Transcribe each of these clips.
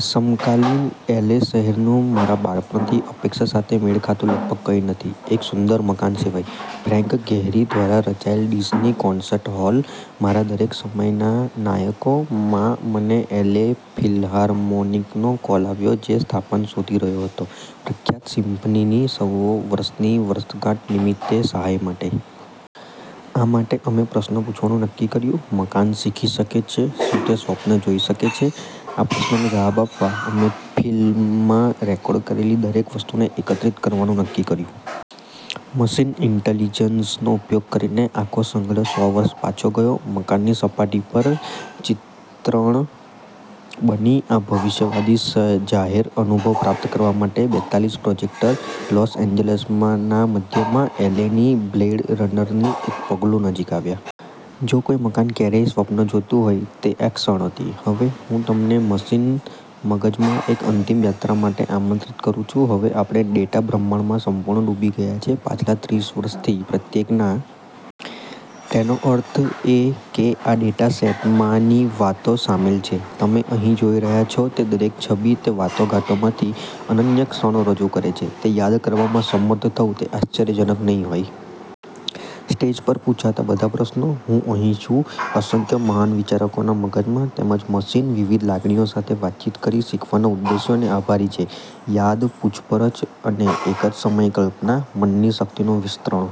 સમકાલીન એલએ શહેરનું મારા બાળપણની અપેક્ષા સાથે મેળ ખાતું લગભગ કંઇ નથી, એક સુંદર મકાન સિવાય: ફ્રેન્ક ગેહરી દ્વારા રચાયેલ ડિઝની કોન્સર્ટ હોલ, મારા દરેક સમયના નાયકો. માં, મને એલ. એ. ફિલ્હાર્મોનિકનો કોલ આવ્યો જે સ્થાપન શોધી રહ્યો હતો પ્રખ્યાત સિમ્ફનીની સો વર્ષની વર્ષગાંઠ નિમિત્તે સહાય માટે. આ માટે, અમે પ્રશ્ન પૂછવાનું નક્કી કર્યું, "મકાન શીખી શકે છે? શું તે સ્વપ્ન જોઈ શકે છે? " આ પ્રશ્નનો જવાબ આપવા, અમે ફિલ માં રેકોર્ડ કરેલી દરેક વસ્તુને એકત્રિત કરવાનું નક્કી કર્યું. મશીન ઇન્ટેલિજન્સનો ઉપયોગ કરીને, આખો સંગ્રહ, સો વર્ષ પાછો ગયો, મકાન ની સપાટી પર ચિત્રણ બની, આ ભવિષ્યવાદી જાહેર અનુભવ પ્રાપ્ત કરવા માટે બેતાલીસ પ્રોજેક્ટર લોસ એન્જલસના મધ્યમાં, એલ. એ. ની "બ્લેડ રનર" ની એક પગલુ નજીક આવ્યા. જો કોઈ મકાન ક્યારેય સ્વપ્ન જોતું હોય, તે આ ક્ષણ હતી. હવે, હું તમને મશીન મગજમાં એક અંતિમ યાત્રા માટે આમંત્રિત કરું છું. હવે, આપણે ડેટા બ્રહ્માંડમાં સંપૂર્ણપણે ડૂબી ગયા છીએ પાછલા ત્રીસ વર્ષથી પ્રત્યેક ના. તેનો અર્થ એ કે આ ડેટા સેટમાં ની વાતો શામેલ છે. તમે અહીં જોઈ રહ્યાં છો તે દરેક છબી તે વાટાઘાટોમાંથી અનન્ય ક્ષણો રજૂ કરે છે. તે યાદ કરવામાં સમર્થ થવું તે આશ્ચર્યજનક નહીં હોય? સ્ટેજ પર પૂછાતા બધા પ્રશ્નો? હું અહીં છું, અસંખ્ય મહાન વિચારકોના મગજમાં, તેમજ મશીન, વિવિધ લાગણીઓ સાથે વાતચીત કરી શીખવાના ઉદ્દેશોને આભારી છે યાદ, પૂછપરછ અને એક જ સમયે કલ્પના, મનની શક્તિનો વિસ્તરણ.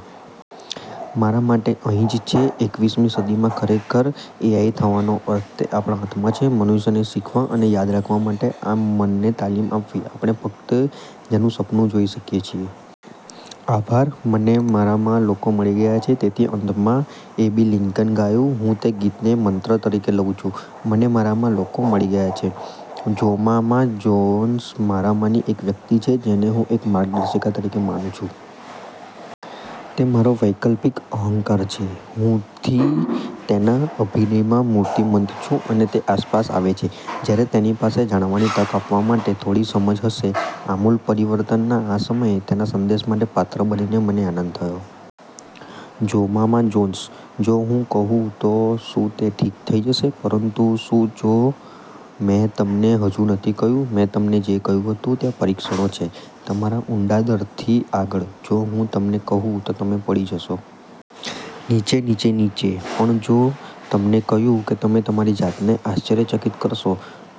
મારા માટે, અહીં જ છે એકવીસ મી સદીમાં ખરેખર એઆઈ થવાનો અર્થ. તે આપણા હાથમાં છે, મનુષ્યને, શીખવા અને યાદ રાખવા માટે આ મનને તાલીમ આપવી આપણે ફક્ત જેનું સપનું જોઈ શકીએ છીએ. આભાર. "મને મારામાં લોકો મળી ગયા છે. " તેથી અંતમાં એબી લિંકન ગાયું. હું તે ગીતને મંત્ર તરીકે લઉં છું. "મને મારામાં લોકો મળી ગયા છે. " જોમામા જોન્સ મારામાંની એક વ્યક્તિ છે જેને હું એક માર્ગદર્શિકા તરીકે માનુ છું. તે મારો વૈકલ્પિક અહંકાર છે. હું થી તેના અભિનયમાં મૂર્તિમંત છું, અને તે આસપાસ આવે છે જ્યારે તેણી પાસે જાણવાની તક આપવા માટે થોડી સમજ હશે. આમૂલ પરિવર્તનના આ સમયે, તેના સંદેશ માટે પાત્ર બનીને મને આનંદ થયો. જોમામા જોન્સ: જો હું કહું તો શું તે ઠીક થઈ જશે... પરંતુ શું જો મેં તમને હજી નથી કહ્યું? મેં તમને જે કહ્યું હતું ત્યાં પરીક્ષણો છે તમારા ઉંડા ડરથી આગળ? જો હું તમને કહું તો તમે પડી જશો... નીચે, નીચે, નીચે? પણ જો મેં તમને કહ્યું કે તમે તમારી જાતને આશ્ચર્યચકિત કરશો?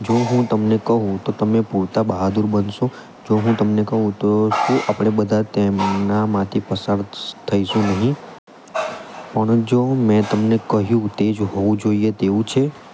જો હું તમને કહું તો તમે પૂરતા બહાદુર બનશો? જો હું તમને કહું તો શું આપણે બધા તેનામાંથી પસાર થઈશું નહીં? પણ જો મેં તમને કહ્યું તે જ હોવું જોઈએ તેવું છે?